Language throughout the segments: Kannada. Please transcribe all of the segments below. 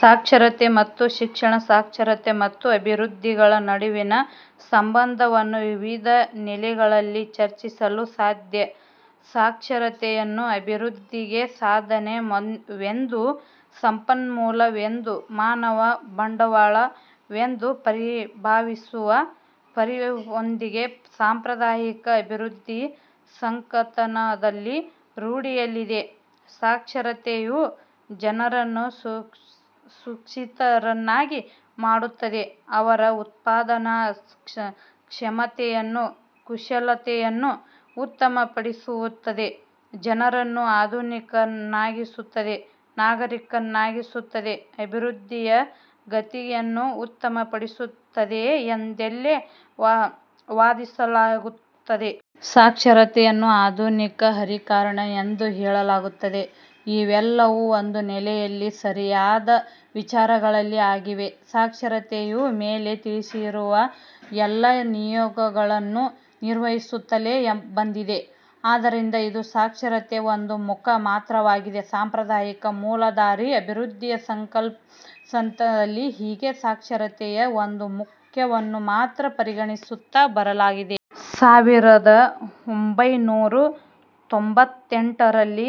ಸಾಕ್ಷರತೆ ಮತ್ತು ಶಿಕ್ಷಣ ಸಾಕ್ಷರತೆ ಮತ್ತು ಅಭಿವೃದ್ಧಿಗಳ ನಡುವಿನ ಸಂಬಂಧವನ್ನು ವಿವಿಧ ನೆಲೆಗಳಲ್ಲಿ ಚರ್ಚಿಸಲು ಸಾಧ್ಯ. ಸಾಕ್ಷರತೆಯನ್ನು ಅಭಿವೃದ್ಧಿಯ 'ಸಾಧನ'ವೆಂದೂ, 'ಸಂಪನ್ಮೂಲ'ವೆಂದೂ 'ಮಾನವ ಬಂಡವಾಳ'ವೆಂದೂ ಪರಿಭಾವಿಸುವ ಪರಿಯೊಂದು ಸಾಂಪ್ರದಾಯಿಕ ಅಭಿವೃದ್ಧಿ ಸಂಕಥನದಲ್ಲಿ ರೂಢಿಯಲ್ಲಿದೆ. ಸಾಕ್ಷರತೆಯು ಜನರನ್ನು ಸುಶಿಕ್ಷಿತರನ್ನಾಗಿ ಮಾಡುತ್ತದೆ, ಅವರ ಉತ್ಪಾದನಾ ಕ್ಷಮತೆಯನ್ನು ಕುಶಲತೆಯನ್ನು ಉತ್ತಮ ಪಡಿಸುತ್ತದೆ, ಜನರನ್ನು ಆಧುನಿಕರನ್ನಾಗಿಸುತ್ತದೆ ನಾಗರಿಕರನ್ನಾಗಿಸುತ್ತದೆ, ಅಭಿವೃದ್ಧಿಯ ಗತಿಯನ್ನು ಉತ್ತಮಪಡಿಸುತ್ತದೆ ಎಂದೆಲ್ಲ ವಾದಿಸಲಾಗುತ್ತದೆ. 'ಸಾಕ್ಷರತೆ'ಯನ್ನು ಆಧುನೀಕರಣ 'ಹರಿಕಾರ'ನೆಂದೂ ಹೇಳಲಾಗಿದೆ. ಇವೆಲ್ಲವೂ ಒಂದು ನೆಲೆಯಲ್ಲಿ ಸರಿಯಾದ ವಿಚಾರಗಳೇ ಆಗಿವೆ. ಸಾಕ್ಷರತೆಯು ಮೇಲೆ ತಿಳಿಸಿರುವ ಎಲ್ಲ ನಿಯೋಗಗಳನ್ನು ನಿರ್ವಹಿಸುತ್ತಲೇ ಬಂದಿದೆ. ಆದರೆ ಇದು ಸಾಕ್ಷರತೆಯ ಒಂದು ಮುಖ ಮಾತ್ರವಾಗಿದೆ. ಸಾಂಪ್ರದಾಯಿಕ ಮೂಲ ಧಾರೆ ಅಭಿವೃದ್ಧಿ ಸಂಕಥನದಲ್ಲಿ ಹೀಗೆ ಸಾಕ್ಷರತೆಯ ಒಂದು ಮುಖ್ಯವನ್ನು ಮಾತ್ರ ಪರಿಗಣಿಸುತ್ತಾ ಬರಲಾಗಿದೆ. ಸಾವಿರದ ಒಂಭೈನೂರ ತೊಂಭತ್ತೆಂಟರಲ್ಲಿ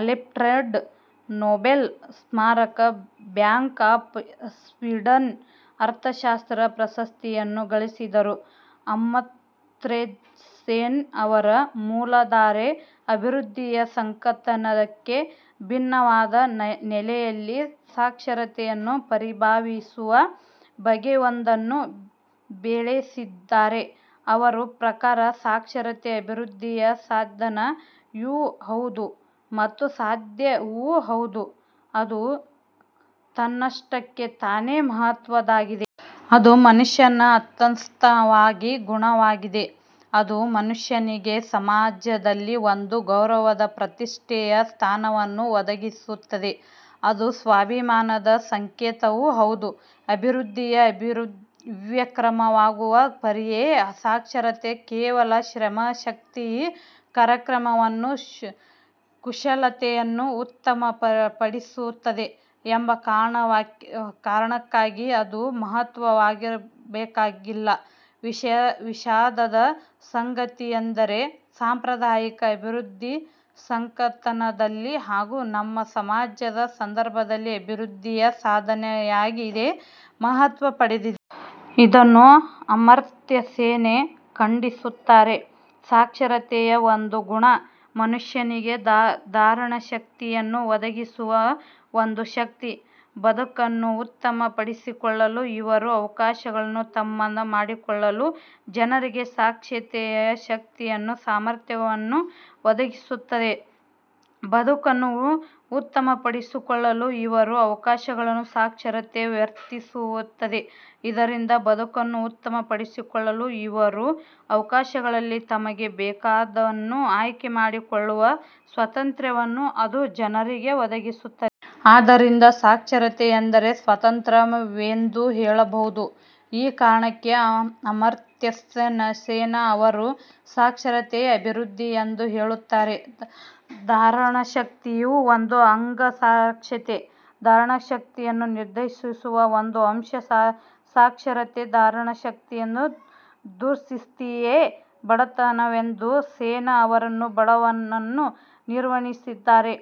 ಆಲ್ಫ್ರೆಡ್ ನೊಬೆಲ್ ಸ್ಮಾರಕ ಬ್ಯಾಂಕ್ ಆಫ್ ಸ್ವೀಡನ್ನ ಅರ್ಥಶಾಸ್ತ್ರದ ಪ್ರಶಸ್ತಿಯನ್ನು ಗಳಿಸಿರುವ ಅಮರ್ತ್ಯಸೇನ್ ಅವರು ಮೂಲಧಾರೆ ಅಭಿವೃದ್ಧಿ ಸಂಕಥನಕ್ಕೆ ಭಿನ್ನವಾದ ನೆಲೆಯಲ್ಲಿ ಸಾಕ್ಷರತೆಯನ್ನು ಪರಿಭಾವಿಸುವ ಬಗೆಯೊಂದನ್ನು ಬೆಳೆಸಿದಿದ್ದಾರೆ. ಅವರ ಪ್ರಕಾರ ಸಾಕ್ಷರತೆಯು ಅಭಿವೃದ್ಧಿಯ 'ಸಾಧನ'ವೂ ಹೌದು ಮತ್ತು 'ಸಾಧ್ಯ'ವೂ ಹೌದು, ಅದು ತನ್ನಷ್ಟಕ್ಕೆ ತಾನೆ ಮಹತ್ವದ್ದಾಗಿದೆ. ಅದು ಮನುಷ್ಯನ ಅಂತಸ್ಥವಾಗಿ ಗುಣವಾಗಿದೆ. ಅದು ಮನುಷ್ಯನಿಗೆ ಸಮಾಜದಲ್ಲಿ ಒಂದು ಗೌರವದ ಪ್ರತಿಷ್ಟೆಯ ಸ್ಥಾನವನ್ನು ಒದಗಿಸುತ್ತದೆ. ಅದು ಸ್ವಾಭಿಮಾನದ ಸಂಕೇತವೂ ಹೌದು. ಅಭಿವೃದ್ಧಿಯು ಅಭಿವ್ಯಕ್ರವಾಗುವ ಪರಿಯೇ ಸಾಕ್ಷರತೆ. ಕೇವಲ ಶ್ರಮಶಕ್ತಿಯ ಕಾರ್ಯಕ್ರಮತೆಯನ್ನು, ಕುಶಲತೆಯನ್ನು ಉತ್ತಮ ಪಡಿಸುತ್ತದೆ ಎಂಬ ಕಾರಣಕ್ಕಾಗಿ ಅದು ಮಹತ್ವವಾಗಬೇಕಾಗಿಲ್ಲ. ವಿಷಾದದ ಸಂಗತಿಯೆಂದರೆ ಸಾಂಪ್ರದಾಯಿಕ ಅಭಿವೃದ್ಧಿ ಸಂಕಥನದಲ್ಲಿ ಹಾಗೂ ನಮ್ಮ ಸಮಾಜಸ ಸಂದರ್ಭದಲ್ಲಿ ಅಭಿವೃದ್ಧಿಯ ಸಾಧನವಾಗಿಯೇ ಮಹತ್ವ ಪಡೆದಿದೆ. ಇದನ್ನು ಅಮರ್ತ್ಯಸೇನ್ ಖಂಡಿಸುತ್ತಾರೆ. ಸಾಕ್ಷರತೆಯು ಒಂದು ಗುಣ. ಮನುಷ್ಯನಿಗೆ ಧಾರಣಶಕ್ತಿಯನ್ನು ಒದಗಿಸುವ ಒಂದು ಶಕ್ತಿ. ಬದುಕನ್ನು ಉತ್ತಮ ಪಡಿಸಿಕೊಳ್ಳಲು ಇರುವ ಅವಕಾಶಗಳನ್ನು ತಮ್ಮದು ಮಾಡಿಕೊಳ್ಳಲು ಜನರಿಗೆ ಸಾಕ್ಷರತೆಯು ಶಕ್ತಿಯನ್ನು ಸಾಮರ್ಥ್ಯವನ್ನು ಒದಗಿಸುತ್ತದೆ. ಬದುಕನ್ನು ಉತ್ತಮಪಡಿಸಿಕೊಳ್ಳಲು ಇರುವ ಅವಕಾಶಗಳನ್ನು ಸಾಕ್ಷರತೆ ವರ್ಧಿಸುತ್ತದೆ. ಇದರಿಂದಾಗಿ ಬದುಕನ್ನು ಉತ್ತಮ ಪಡಿಸಿಕೊಳ್ಳಲು ಇರುವ ಅವಕಾಶಗಳಲ್ಲಿ ತಮಗೆ ಬೇಕಾದುದನ್ನು ಆಯ್ಕೆ ಮಾಡಿಕೊಳ್ಳುವ ಸ್ವಾತಂತ್ರ್ಯವನ್ನು ಅದು ಜನರಿಗೆ ಒದಗಿಸುತ್ತದೆ. ಆದ್ದರಿಂದ ಸಾಕ್ಷರತೆ ಎಂದರೆ' 'ಸ್ವಾತಂತ್ರ್ಯ'ವೆಂದೂ ಹೇಳಬಹುದು. ಈ ಕಾರಣಕ್ಕೆ ಅಮರ್ತ್ಯಸೇನ್ ಅವರು ಸಾಕ್ಷರತೆಯೇ ಅಭಿವೃದ್ಧಿ ಎಂದು ಹೇಳುತ್ತಾರೆ. ಧಾರಣಶಕ್ತಿಯು ಒಂದು ಅಂಗ ಸಾಕ್ಷರತೆ. ಧಾರಣಶಕ್ತಿಯನ್ನು ನಿರ್ಧರಿಸುವ ಒಂದು ಅಂಶ ಸಾಕ್ಷರತೆ. 'ಧಾರಣಶಕ್ತಿಯ ದುಸ್ಥಿತಿ'ಯೇ ಬಡತನವೆಂದು ಸೇನ್ ಅವರು ಬಡತನವನ್ನು ನಿರ್ವಚಿಸಿದ್ದಾರೆ..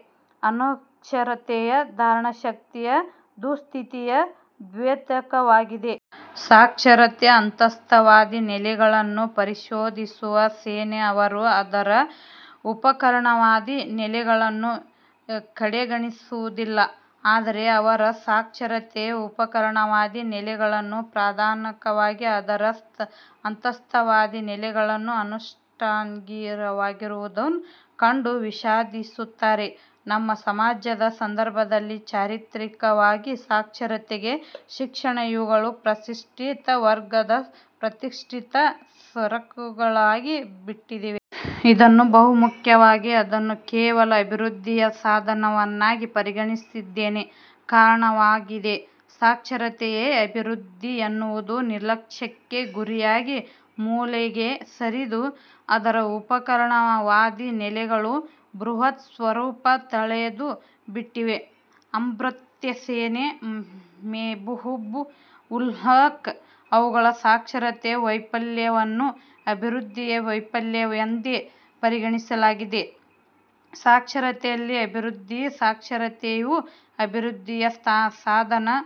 ಅನಕ್ಷರತೆಯು ಧಾರಣಶಕ್ತಿಯ ದುಸ್ಥಿತಿಯ ದ್ಯೋತಕವಾಗಿದೆ. ಸಾಕ್ಷರತೆಯ ಅಂತಸ್ಥವಾದಿ ನೆಲೆಗಳನ್ನು ಪರಿಶೋಧಿಸುವ ಸೇನ್ ಅವರು ಅದರ 'ಉಪಕರಣವಾದಿ; ನೆಲೆಗಳನ್ನು ಕಡೆಗಣಿಸುವುದಿಲ್ಲ. ಆದರೆ ಅವರು ಸಾಕ್ಷರತೆಯ ಉಪಕರಣವಾದಿ ನೆಲೆಗಳು ಪ್ರಧಾನವಾಗಿ ಅದರ ಅಂತಸ್ಥವಾದಿ ನೆಲೆಗಳು ಅನುಷಂಗಿಕವಾಗಿರುವುದನ್ನು ಕಂಡು ವಿಷಾಧಿಸುತ್ತಾರೆ. ನಮ್ಮ ಸಮಾಜದ ಸಂದರ್ಭದಲ್ಲಿ, ಚಾರಿತ್ರಿಕವಾಗಿ ಸಾಕ್ಷರತೆ – ಶಿಕ್ಷಣ ಇವುಗಳು ಪ್ರತಿಷ್ಠಿತ ವರ್ಗದ ಪ್ರತಿಷ್ಠಿತ ಸರಕುಗಳಾಗಿ ಬಿಟ್ಟಿವೆ. ಇದನ್ನು ಬಹುಮುಖ್ಯವಾಗಿ ಅದನ್ನು ಕೇವಲ ಅಭಿವೃದ್ಧಿಯ ಸಾಧನವನ್ನಾಗಿ ಪರಿಗಣಿಸಿದ್ದೇ ಕಾರಣವಾಗಿದೆ. ಸಾಕ್ಷರತೆಯೇ ಅಭಿವೃದ್ಧಿ ಎನ್ನುವುದು ನಿರ್ಲಕ್ಷ್ಯಕ್ಕೆ ಗುರಿಯಾಗಿ, ಮೂಲೆಗೆ ಸರಿದು ಅದರ ಉಪಕರಣ ವಾದಿ ನೆಲೆಗಳು ಬೃಹತ್ ಸ್ವರೂಪ ತಳೆದು ಬಿಟ್ಟಿವೆ. ಅಮರ್ತ್ಯಸೇನ್, ಮೆಹಬೂಬ್ ಉಲ್ಹಕ್ ಅವುಗಳು ಸಾಕ್ಷರತೆಯ ವೈಫಲ್ಯವನ್ನು ಅಭಿವೃದ್ಧಿಯ ವೈಫಲ್ಯವೆಂದೇ ಪರಿಗಣಿಸಿದ್ದಾರೆ. 'ಸಾಕ್ಷರತೆಯೇ ಅಭಿವೃದ್ಧಿ', 'ಸಾಕ್ಷರತೆಯು ಅಭಿವೃದ್ಧಿಯ 'ಸಾಧನ'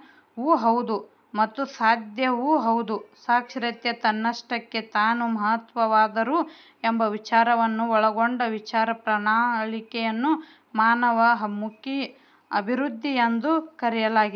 ವೂ ಹೌದು ಮತ್ತು 'ಸಾಧ್ಯ'ವೂ ಹೌದು', ಸಾಕ್ಷರತೆ ತನ್ನಷ್ಟಕ್ಕೆ ತಾನು ಮಹತ್ವವಾದುದು ಎಂಬ ವಿಚಾರಗಳನ್ನು ಒಳಗೊಂಡ ವಿಚಾರ ಪ್ರಣಾಳಿಕೆಯನ್ನು 'ಮಾನವ ಮುಖಿ ಅಭಿವೃದ್ಧಿ' ಎಂದು ಕರೆಯಲಾಗಿದೆ.